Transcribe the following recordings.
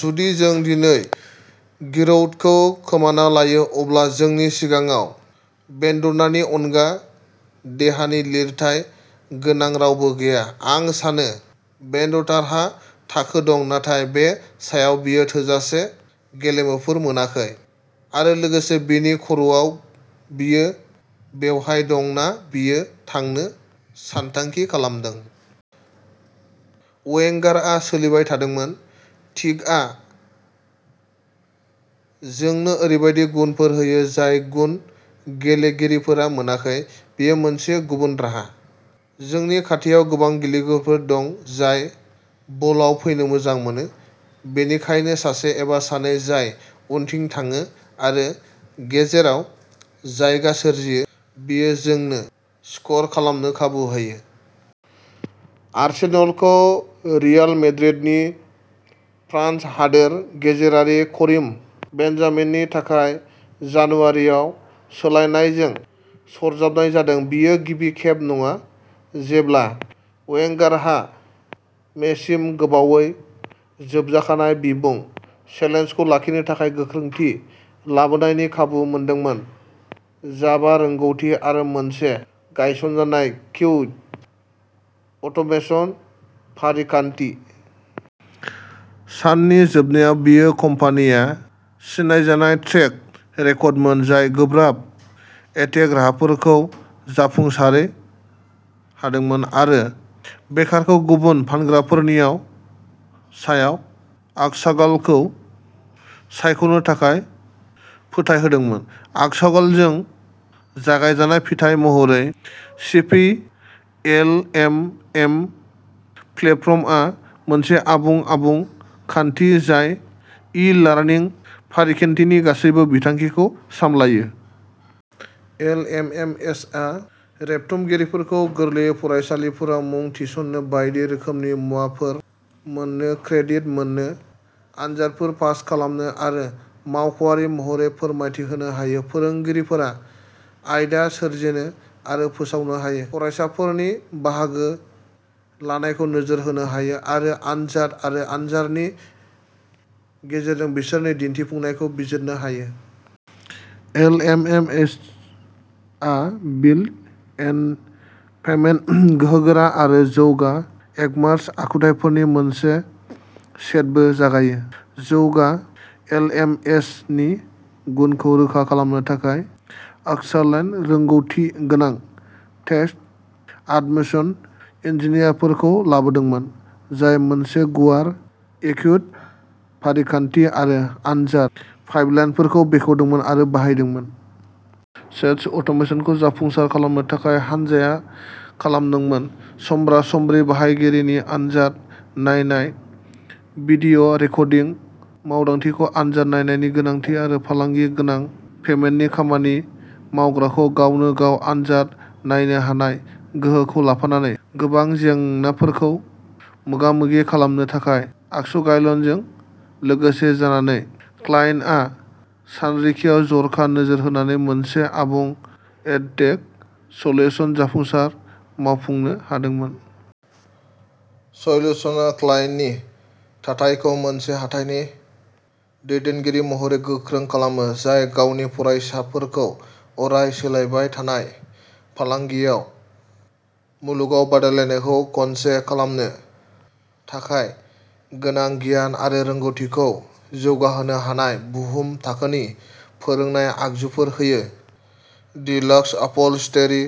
जुदि जों दिनै गिरौदखौ खोमाना लायो, अब्ला जोंनि सिगाङाव बेन्डटनारनि अनगा देहानि लिरथाइ गोनां रावबो गैया।" आं सानो बेन्डटनारहा थाखो दं, नाथाय बे सायाव बियो थोजासे गेलेमुफोर मोनाखै-आरो लोगोसे, बिनि खर'आव, बियो बेवहाय दं ना बियो थांनो सानथांखि खालामदों? "वेंगारआ सोलिबाय थादोंमोनः" थिय'आ जोंनो ओरैबायदि गुनफोर होयो जाय गुन गेलेगिरिफोरा मोनाखै, बेयो मोनसे गुबुन राहा। "जोंनि खाथियाव गोबां गेलेलुफोर दं जाय बलआव फैनो मोजां मोनो, बेनिखायनो सासे एबा सानै जाय उनथिं थाङो आरो गेजेराव जायगा सोरजियो, बेयो जोंनो स्क'र खालामनो खाबु होयो।" आर्सेनलखौ रियाल मेड्रिडनि फ्रान्स हादोर गेजेरारि करिम बेनजेमानि थाखाय जानुवारियाव सोलायनायजों सरजाबनाय जादों। बेयो गिबि खेब नङा जेब्ला वेंगारहा मेसिम गोबावै जोबजाखानाय बिमुं चेलेन्जखौ लाखिनो थाखाय गोख्रोंथि लाबोनायनि खाबु मोनदोंमोन। जाभा रोंग'थि आरो मोनसे गायसनजानाय किउ अट'मेसन फारिखान्थि। साननि जोबनायाव, बेयो कम्पानिया सिनायजानाय ट्रेक रेकर्डमोन, जाय गोब्राब एडटेक राहाफोरखौ जाफुंसारै होदोंमोन आरो बेकारखौ गुबुन फानग्राफोरनियाव सायाव अक्सागाइलखौ सायख'नो थाखाय फोथायहोदोंमोन। अक्सागाइलजों जागायजानाय, फिथाय महरै सीपी एलएमएस प्लेटफर्मआ मोनसे आबुं, आबुं खान्थि, जाय ई-लार्निं फारिखान्थिनि गासैबो बिथिंफोरखौ सामलायो। एलएमएसआ रेबथुमगिरिफोरखौ गोरलैयै फरायफारिफोराव मुं थिसननो, बायदि रोखोमनि मुवाफोर मोन्नो, क्रेडिट मोननो, आनजादफोर पास खालामनो आरो मावख'आरि महरै फोरमानथि होनो हायो। फोरोंगिरिफोरा आयदा सोरजिनो आरो फोसावनो हायो, फरायसाफोरनि बाहागो लानायखौ नोजोर होनो हायो, आरो आनजाद आरो आनजादनि गेजेरजों बिसोरनि दिन्थिफुंनायखौ बिजिरनो हायो। एलएमएसआ बिल्ट-एन पेमेन्ट गोहोगोरा आरो जौगा इकमार्स आखुथायफोरनि मोनसे सेटबो जगायो। जौगा एलएमएसनि गुनखौ रोखा खालामनो थाखाय, अक्सागाइलआ रोंग'थिगोनां टेस्ट आट'मेसन इन्जिनियारफोरखौ लाबोदोंमोन, जाय मोनसे गुवार एकिउ फारिखान्थि आरो आनजाद पाइपलाइनफोरखौ बेखेवदोंमोन आरो बाहायदोंमोन। टेस्ट अट'मेसनखौ जाफुंसार खालामनो थाखाय, हानजाया खालामदोंमोन। समब्रा-समब्रि बाहायगिरिनि आनजाद नायनाय, भिडिअ रेकर्डिं मावदांथिखौ आनजाद नायनायनि गोनांथि, आरो फालांगि-गोनां पेमेन्टनि खामानि-मावग्राखौ गावनो-गाव आनजाद नायनो हानाय गोहोखौ लाफानानै गोबां जेंनाफोरखौ मोगा-मोगि खालामनो थाखाय। अक्सागाइलजों लोगो जानानै, क्लाइन्टआ सानरिखियाव जर'खा नोजोर होनानै मोनसे आबुं एडटेक सल्युसन जाफुंसारै मावफुंनो हादोंमोन। सल्युशना क्लाइन्टनि थाथायखौ मोनसे हाथाइनि दैदेनगिरि महरै गोख्रों खालामो, जाय गावनि फरायसाफोरखौ अराय-सोलायबाय थानाय फालांगियाव मुलुगाव बादायलायनायखौ खनसे खालामनो थाखाय गोनां गियान आरो रोंग'थिखौ जौगाहोनो हानाय बुहुम-थाखोनि फोरोंनाय आगजुफोर होयो। डिलक्स आपह'लस्टेरि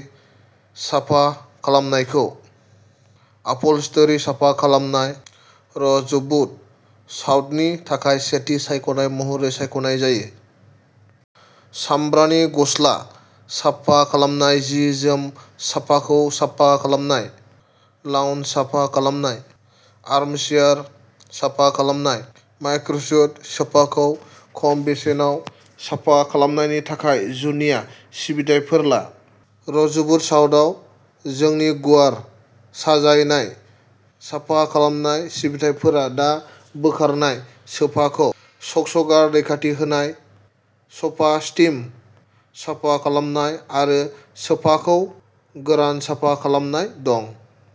साफा खालामनायखौ आपह'लस्टेरि साफा खालामनाय र'जबुद साउथनि थाखाय सेथि सायख'नाय महरै सायख'नाय जायो। सामब्रानि गस्ला साफा खालामनाय, जि-जोम साफाखौ साफा खालामनाय, लाउन्ज साफा खालामनाय, आर्मचेयार साफा खालामनाय, माइक्र'स्युड सोफाखौ खम बेसेनाव साफा खालामनायनि थाखाय जुनिया सिबिथाइफोर ला। र'जबुद साउथआव जोंनि गुवार साजायनाय साफा खालामनाय सिबिथाइफोराव दाग बोखारनाय, सोफाखौ स्कचगार्ड रैखाथि होनाय, स'फा स्टीम साफा खालामनाय, आरो सोफाखौ गोरान साफा खालामनाय दं।